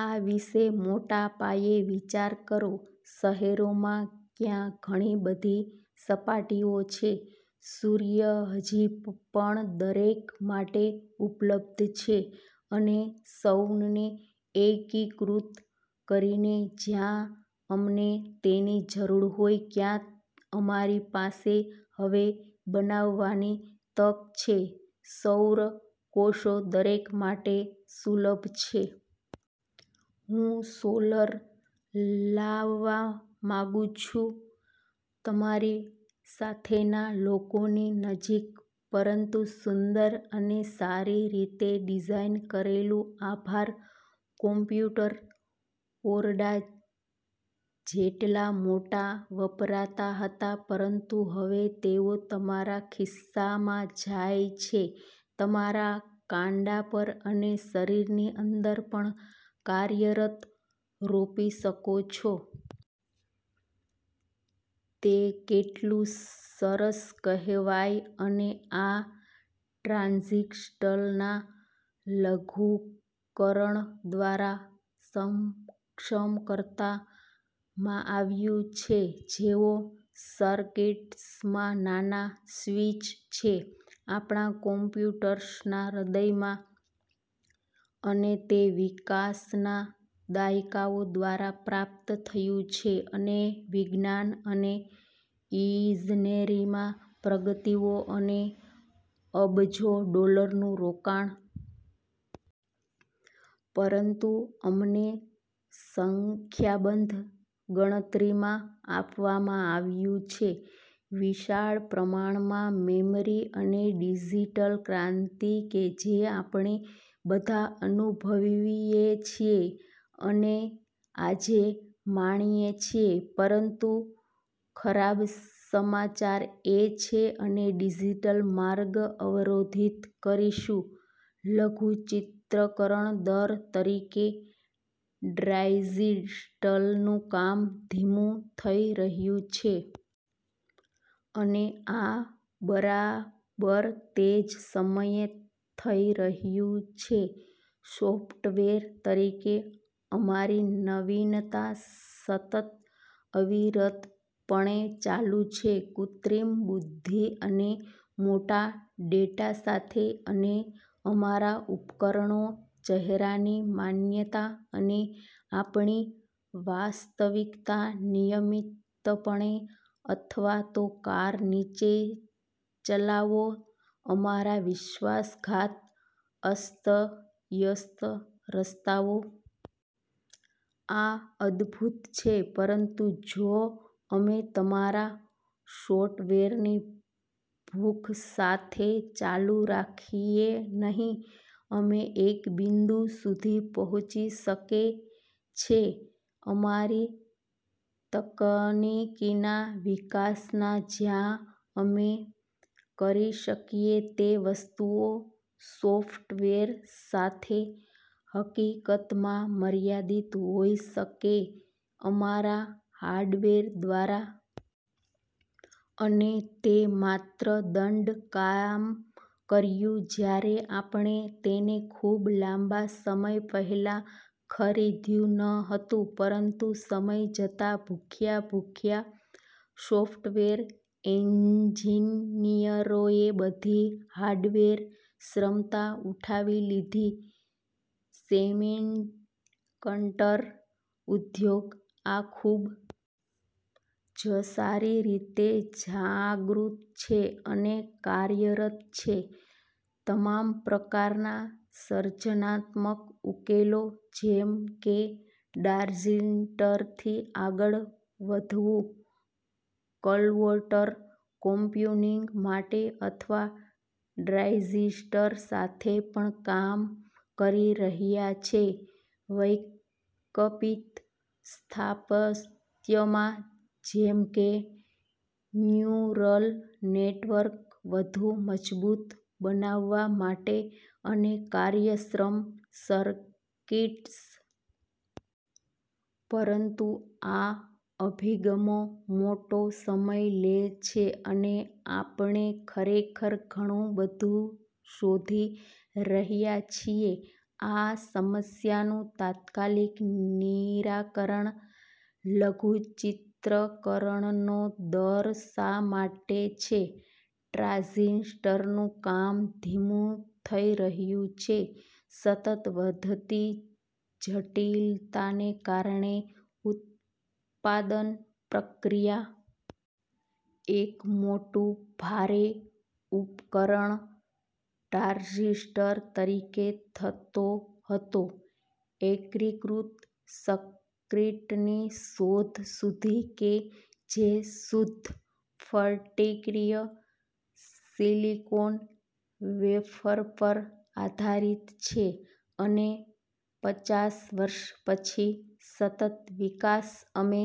આ વિશે મોટા પાયે વિચાર કરો: શહેરોમાં, ત્યાં ઘણી બધી સપાટીઓ છે. સૂર્ય હજી પણ દરેક માટે ઉપલબ્ધ છે. અને સૌરને એકીકૃત કરીને જ્યાં અમને તેની જરૂર હોય ત્યાં, અમારી પાસે હવે બનાવવાની તક છે સૌર કોષો દરેક માટે સુલભ છે. હું સોલર લાવવા માંગુ છું તમારી સાથેના લોકોની નજીક, પરંતુ સુંદર અને સારી રીતે ડિઝાઇન કરેલું. આભાર. કમ્પ્યુટર ઓરડા જેટલા મોટા વપરાતા હતા. પરંતુ હવે તેઓ તમારા ખિસ્સામાં જાય છે, તમારા કાંડા પર અને શરીરની અંદર પણ કાર્યરત રોપી શકો છો. તે કેટલું સરસ કહેવાય? અને આ ટ્રાન્ઝિસ્ટરના લઘુકરણ દ્વારા સક્ષમ કરવા માંઆવ્યું છે, જેઓ સર્કિટ્સમાં નાના સ્વિચ છે આપણા કમ્પ્યુટર્સના હૃદયમાં. અને તે વિકાસના દાયકાઓ દ્વારા પ્રાપ્ત થયું છે અને વિજ્ઞાન અને ઈજનેરીમાં પ્રગતિઓ અને અબજો ડોલરનું રોકાણ. પરંતુ અમને સંખ્યાબંધ ગણતરીમાં આપવામાં આવ્યું છે, વિશાળ પ્રમાણમાં મેમરી અને ડિજિટલ ક્રાંતિ કે જે આપણે બધા અનુભવીએ છીએ અને આજે માણીએ છીએ. પરંતુ ખરાબ સમાચાર એ છે, અને ડિજિટલ માર્ગ અવરોધિત કરીશું, લઘુચિત્રકરણ દર તરીકે ટ્રાયન્ઝિસ્ટરનું કામ ધીમું થઈ રહ્યું છે. અને આ બરાબર તે જ સમયે થઈ રહ્યું છે સોફ્ટવેર તરીકે અમારી નવીનતા સતત અવિરતપણે ચાલુ છે કૃત્રિમ બુદ્ધિ અને મોટા ડેટા સાથે. અને અમારા ઉપકરણો ચહેરાની માન્યતા અને આપણી વાસ્તવિકતા નિયમિતપણે અથવા તો કાર નીચે ચલાવો અમારા વિશ્વાસઘાત, અસ્તવ્યસ્ત રસ્તાઓ. આ અદભૂત છે. પરંતુ જો અમે અમારા સો્ટવેરની ભૂખ સાથે ચાલુ રાખીએનહીં, અમે એક બિંદુ સુધી પહોંચી શકે છે અમારી તકનીકીના વિકાસમાં જ્યાં અમે કરી શકીએ તે વસ્તુઓ સોફ્ટવેર સાથે, હકીકતમાં, મર્યાદિત હોઈ શકે અમારા હાર્ડવેર દ્વારા. અને તે માત્ર દંડ કામ કર્યું જ્યારે આપણે તેને ખૂબ લાંબા સમય પહેલા ખરીધું ન હતું, પરંતુ સમય જતાં ભૂખ્યા ભૂખ્યા સોફ્ટવેર એન્જિ નિયરોએ બધી હાર્ડવેર ક્ષમતા ઉઠાવી લીધી છે સેમિકન્ડર ઉદ્યોગ આ ખૂબ જ સારી રીતે જાગૃત છે અને કાર્યરત છે તમામ પ્રકારના સર્જનાત્મક ઉકેલો, જેમ કે ટ્રાંઝિસ્ટરથી આગળ વધવું ક્વોન્ટમ કમ્પ્યુટિંગ માટે અથવા ટ્રાંઝિસ્ટર સાથે પણ કામ કરી રહ્યા છે વૈકલ્પિક સ્થાપત્યમાં જેમ કે ન્યુરલ નેટવર્ક વધુ મજબૂત બનાવવા માટે અને કાર્યક્ષમ સર્કિટ્સ. પરંતુ આ અભિગમો થોડો સમય લેશે, અને આપણે ખરેખર ઘણું બધુ શોધી રહ્યા છીએ આ સમસ્યાનું તાત્કાલિક નિરાકરણ. લઘુચિત્રકરણનો દર શા માટે છે ટ્રાંઝિસ્ટરનું કામ ધીમું થઈ રહ્યું છે સતત વધતી જટિલતાને કારણે છે ઉત્પાદન પ્રક્રિયા. એક મોટું, ભારે ઉપકરણ ટ્રાંઝિસ્ટર તરીકે થતો હતો એકીકૃત સર્કિટની શોધ સુધી કે જે શુદ્ધ સ્ફટિકીય સિલિકોન વેફર પર આધારિત છે. અને પચાસ વર્ષ પછી સતત વિકાસ, અમે